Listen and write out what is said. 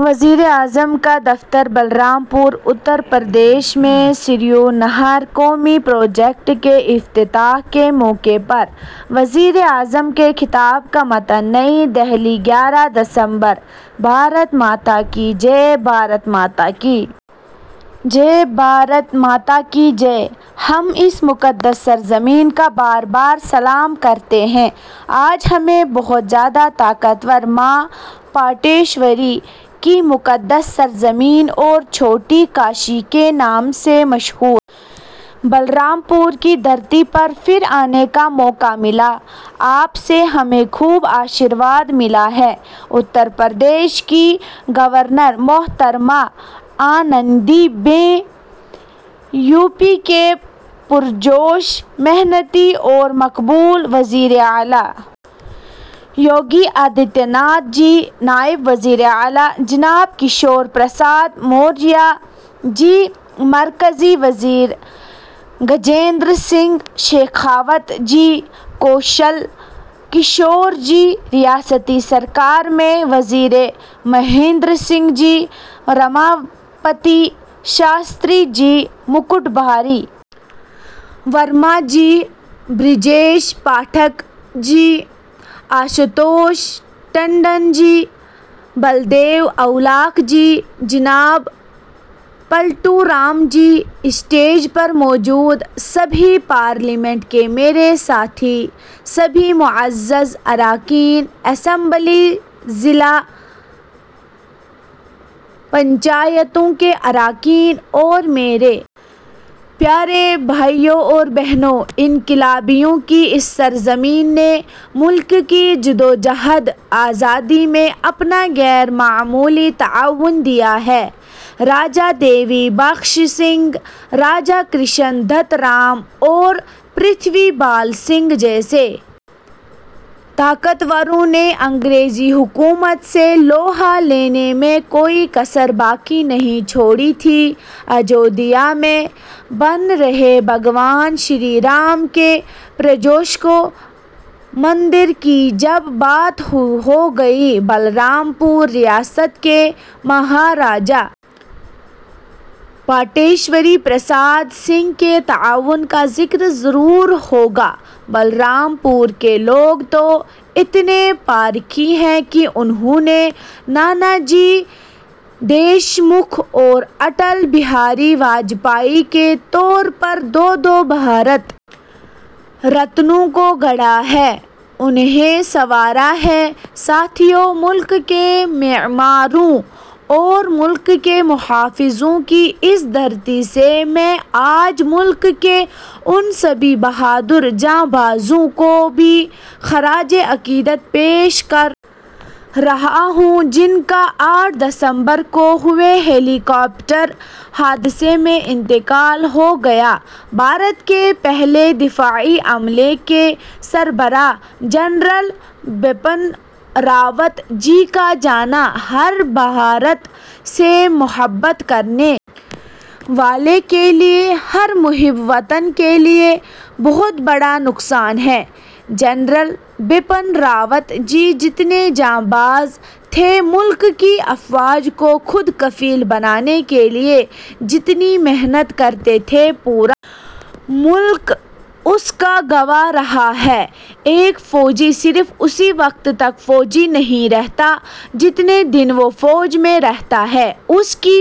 وزیراعظم کا دفتر بلرام پور اتر پردیش میں سریو نہر قومی پروجیکٹ کے افتتاح کے موقع پر وزیراعظم کے خطاب کا متن نئی دہلی گیارہ دسمبر بھارت ماتا کی جئے بھارت ماتا کی جئے بھارت ماتا کی جئے ہم اس مقدس سرزمین کا بار بار سلام کرتے ہیں آج ہمیں بہت زیادہ طاقت والی ماں پاٹیشوری کی مقدس سرزمین اور چھوٹی کاشی کے نام سے مشہور بلرام پور کی دھرتی پر پھر آنے کا موقع ملا آپ سے ہمیں خوب آشیرواد ملا ہے اتر پردیش کی گورنر محترمہ آنندی بین یو پی کے پرجوش محنتی اور مقبول وزیر اعلیٰ یوگی آدتیہ ناتھ جی نائب وزیر اعلیٰ جناب کیشور پرساد موریا جی مرکزی وزیر گجیندر سنگھ شیخاوت جی کوشل کشور جی ریاستی سرکار میں وزیر مہندر سنگھ جی رماپتی شاستری جی مکٹ بہاری ورما جی برجیش پاٹھک جی آشوتوش ٹنڈن جی بلدیو اولاکھ جی جناب پلٹو رام جی اسٹیج پر موجود سبھی پارلیمنٹ کے میرے ساتھی سبھی معزز اراکین اسمبلی ضلع پنچایتوں کے اراکین اور میرے پیارے بھائیوں اور بہنو انقلابیوں کی اس سرزمین نے ملک کی جدوجہد آزادی میں اپنا غیر معمولی تعاون دیا ہے راجا دیوی بخش سنگھ راجا کرشن دت رام اور پرتھوی بال سنگھ جیسے طاقتوروں نے انگریزی حکومت سے لوہا لینے میں کوئی کسر باقی نہیں چھوڑی تھی اجودھیا میں بن رہے بھگوان شری رام کے پرشکوہ مندر کی جب بات ہوگی بلرام پور ریاست کے مہاراجا پاٹیشوری پرساد سنگھ کے تعاون کا ذکر ضرور ہوگا بلرام پور کے لوگ تو اتنے پارکھی ہیں کہ انہوں نے نانا جی دیشمکھ اور اٹل بہاری واجپئی کے طور پر دو دو بھارت رتنوں کو گڑھا ہے انہیں سنوارا ہے ساتھیو ملک کے معماروں اور ملک کے محافظوں کی اس دھرتی سے میں آج ملک کے ان سبھی بہادر جانبازوں کو بھی خراج عقیدت پیش کر رہا ہوں جن کا آٹھ دسمبر کو ہوئے ہیلی کاپٹر حادثے میں انتقال ہو گیا بھارت کے پہلے دفاعی عملے کے سربراہ جنرل بپن راوت جی کا جانا ہر بھارت سے محبت کرنے والے کے لیے ہر محب وطن کے لیے بہت بڑا نقصان ہے جنرل بپن راوت جی جتنے جانباز تھے ملک کی افواج کو خود کفیل بنانے کے لیے جتنی محنت کرتے تھے پورا ملک اس کا گواہ رہا ہے ایک فوجی صرف اسی وقت تک فوجی نہیں رہتا جتنے دن وہ فوج میں رہتا ہے اس کی